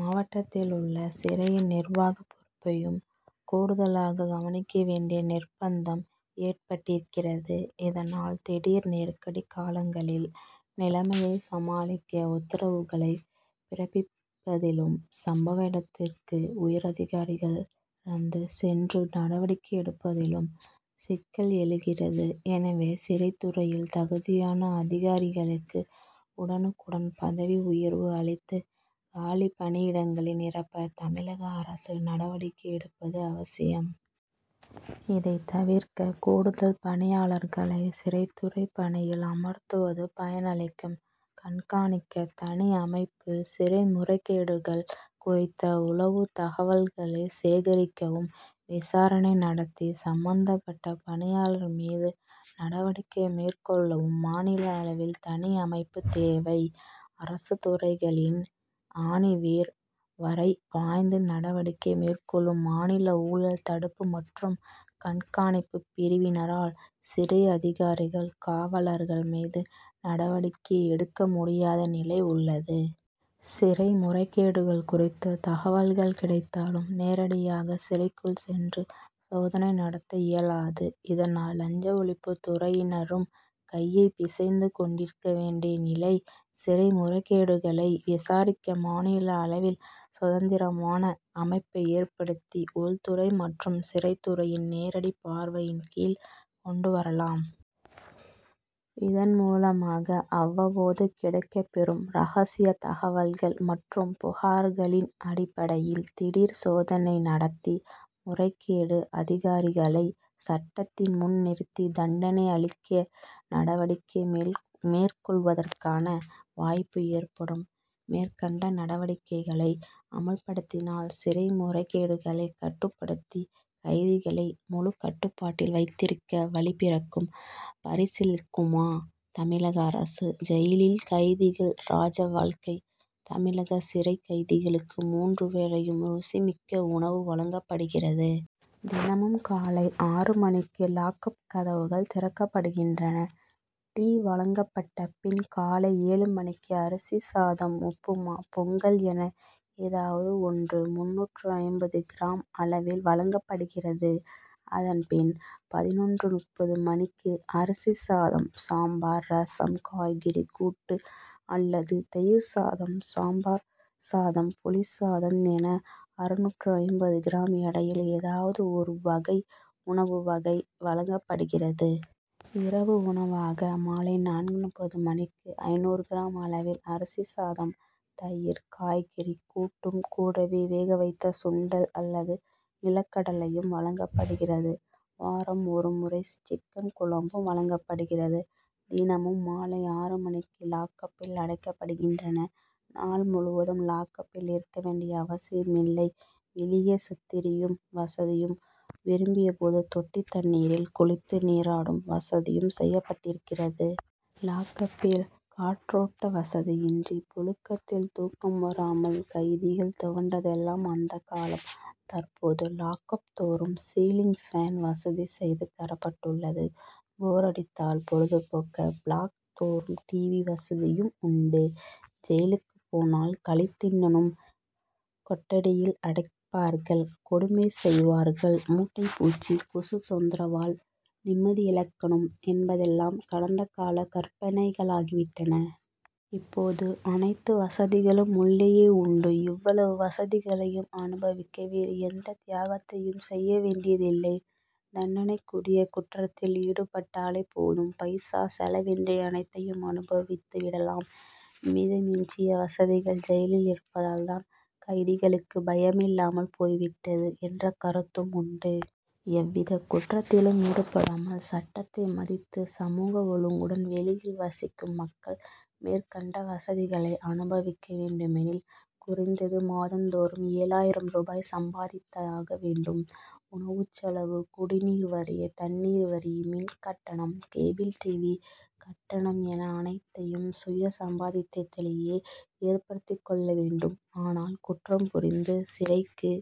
மாவட்டத்திலுள்ள சிறையின் நிர்வாக பொறுப்பையும் கூடுதலாக கவனிக்க வேண்டிய நிர்பந்தம் ஏற்பட்டிருக்கிறது. இதனால், திடீர் நெருக்கடி காலங்களில் நிலைமையை சமாளிக்க உத்தரவுகளை பிறப்பிப்பதிலும், சம்பவ இடத்துக்கு உயரதிகாரிகள் ரந்து சென்று நடவடிக்கை எடுப்பதிலும் சிக்கல் எழுகிறது. எனவே, சிறைத்துறையில் தகுதியான அதிகாரிகளுக்கு உடனுக்குடன் பதவி உயர்வு அளித்து, காலி பணியிடங்களை நிரப்ப தமிழக அரசு நடவடிக்கை எடுப்பது அவசியம். இதை தவிர்க்க, கூடுதல் பணியாளர்களை சிறைத்துறை பணியில் அமர்த்துவது பலனளிக்கும். கண்காணிக்க தனி அமைப்பு சிறை முறைகேடுகள் குறித்த உளவுத்தகவல்களை சேகரிக்கவும், விசாரணை நடத்தி சம்மந்தப்பட்ட பணியாளர் மீது நடவடிக்கை மேற்கொள்ளவும் மாநில அளவில் தனி அமைப்பு தேவை. அரசுத்துறைகளின் ஆணிவேர் வரை பாய்ந்து நடவடிக்கை மேற்கொள்ளும் மாநில ஊழல் தடுப்பு மற்றும் கண்காணிப்பு பிரிவினரால், சிறை அதிகாரிகள், காவலர்கள் மீது நடவடிக்கை எடுக்க முடியாத நிலை உள்ளது. சிறைமுறைகேடுகள் குறித்து தகவல்கள் கிடைத்தாலும், நேரடியாக சிறைக்குள் சென்று சோதனை நடத்தஇயலாது. இதனால், லஞ்ச ஒழிப்பு துறையினரும் கையை பிசைந்து கொண்டிருக்க வேண்டிய நிலை. சிறை முறைகேடுகளை விசாரிக்க மாநில அளவில் சுதந்திரமான அமைப்பை ஏற்படுத்தி, உள்துறை மற்றும் சிறைத்துறையின் நேரடி பார்வையின் கீழ் கொண்டுவரலாம். இதன் மூலமாக, அவ்வப்போது கிடைக்கப்பெறும் ரகசிய தகவல்கள் மற்றும் புகார்களின் அடிப்படையில் திடீர் சோதனை நடத்தி, முறைகேடு அதிகாரிகளை சட்டத்தின் முன் நிறுத்தி தண்டனை அளிக்க நடவடிக்கை மேற்கொள்வதற்கான வாய்ப்பு ஏற்படும். மேற்கண்ட நடவடிக்கைகளை அமல்படுத்தினால், சிறை முறைகேடுகளை கட்டுப்படுத்தி, கைதிகளை முழு கட்டுப்பாட்டில் வைத்திருக்க வழி பிறக்கும்; பரிசீலிக்குமா தமிழக அரசு ஜெயிலில் கைதிகள், ராஜ வாழ்க்கை தமிழக சிறை கைதிகளுக்கு மூன்று வேளையும் ருசி மிக்க உணவு வழங்கப்படுகிறது. தினமும் காலை ஆறு மணிக்கு லாக்கப்' கதவுகள் திறக்கப்படுகின்றன. டீ வழங்கப்பட்ட பின் காலை ஏழு மணிக்கு அரிசி சாதம், உப்புமா, பொங்கல் என ஏதாவது ஒன்று முன்னூற்று ஐம்பது கிராம் அளவில் வழங்கப்படுகிறது. அதன் பின், பதினொன்று.முப்பது மணிக்கு அரிசி சாதம், சாம்பார், ரசம், காய்கறி கூட்டு அல்லது தயிர் சாதம், சாம்பார் சாதம், புளிசாதம் என அறுநூற்று ஐம்பது கிராம் எடையில் ஏதாவது ஒரு வகை உணவு வகை வழங்கப்படுகிறது. இரவு உணவாக, மாலை நான்கு.முப்பது மணிக்கு ஐநூறு கிராம் அளவில் அரிசி சாதம், தயிர், காய்கறி கூட்டும், கூடவே வேக வைத்த சுண்டல் அல்லது நிலக்கடலையும் வழங்கப்படுகிறது. வாரம் ஒரு முறை சிக்கன் குழம்பும் வழங்கப்படுகிறது. தினமும் மாலை ஆறு மணிக்கு லாக்கப்பில் அடைக்கப்படுகின்றனர். நாள் முழுவதும் லாக்கப்பில் இருக்க வேண்டிய அவசியமில்லை வெளியே சுற்றித்திரியும் வசதியும், விரும்பிய போது தொட்டி தண்ணீரில் குளித்து நீராடும் வசதியும் செய்யப்பட்டிருக்கிறது. லாக்கப்'பில் காற்றோட்ட வசதியின்றி புழுக்கத்தில் தூக்கம் வராமல் கைதிகள் துவண்டதெல்லாம் அந்தக்காலம். தற்போது, லாக்கப் தோறும் சீலிங் பேன்' வசதி செய்து தரப்பட்டுள்ளது. போர் அடித்தால்' பொழுது போக்க பிளாக்' தோறும் டிவி' வசதியும் உண்டு. ஜெயிலுக்கு போனால் களி திண்ணனும்; கொட்டடியில் அடைப்பார்கள்; கொடுமை செய்வார்கள்; மூட்டைப்பூச்சி, கொசு தொந்தரவால் நிம்மதியிழக்கனும்' என்பதெல்லாம் கடந்தகால கற்பனைகளாகிவிட்டன. இப்போது, அனைத்து வசதிகளும் உள்ளேயே உண்டு. இவ்வளவு வசதிகளையும் அனுபவிக்க வேறு எந்த தியாகத்தையும் செய்ய வேண்டியதில்லை; தண்டனைக்குரிய குற்றத்தில் ஈடுபட்டாலே போதும், பைசா செலவின்றி அனைத்தையும் அனுபவித்து விடலாம். மித மிஞ்சிய வசதிகள் ஜெயிலில் இருப்பதால் தான், கைதிகளுக்கு பயமில்லாமல் போய் விட்டது' என்ற கருத்தும் உண்டு. எவ்வித குற்றத்திலும் ஈடுபடாமல், சட்டத்தை மதித்து சமூக ஒழுங்குடன் வெளியில் வசிக்கும் மக்கள், மேற்கண்ட வசதிகளை அனுபவிக்க வேண்டுமெனில், குறைந்தது மாதம்தோறும் ஏழாயிரம் ரூபாய் சம்பாதித்தாக வேண்டும். உணவுச்செலவு, குடிநீர் வரி, தண்ணீர் வரி, மின் கட்டணம், கேபிள் டிவி' கட்டணம் என அனைத்தையும் சுய சம்பாத்தியத்திலேயே ஏற்படுத்திக் கொள்ள வேண்டும். ஆனால், குற்றம் புரிந்து சிறைக்கு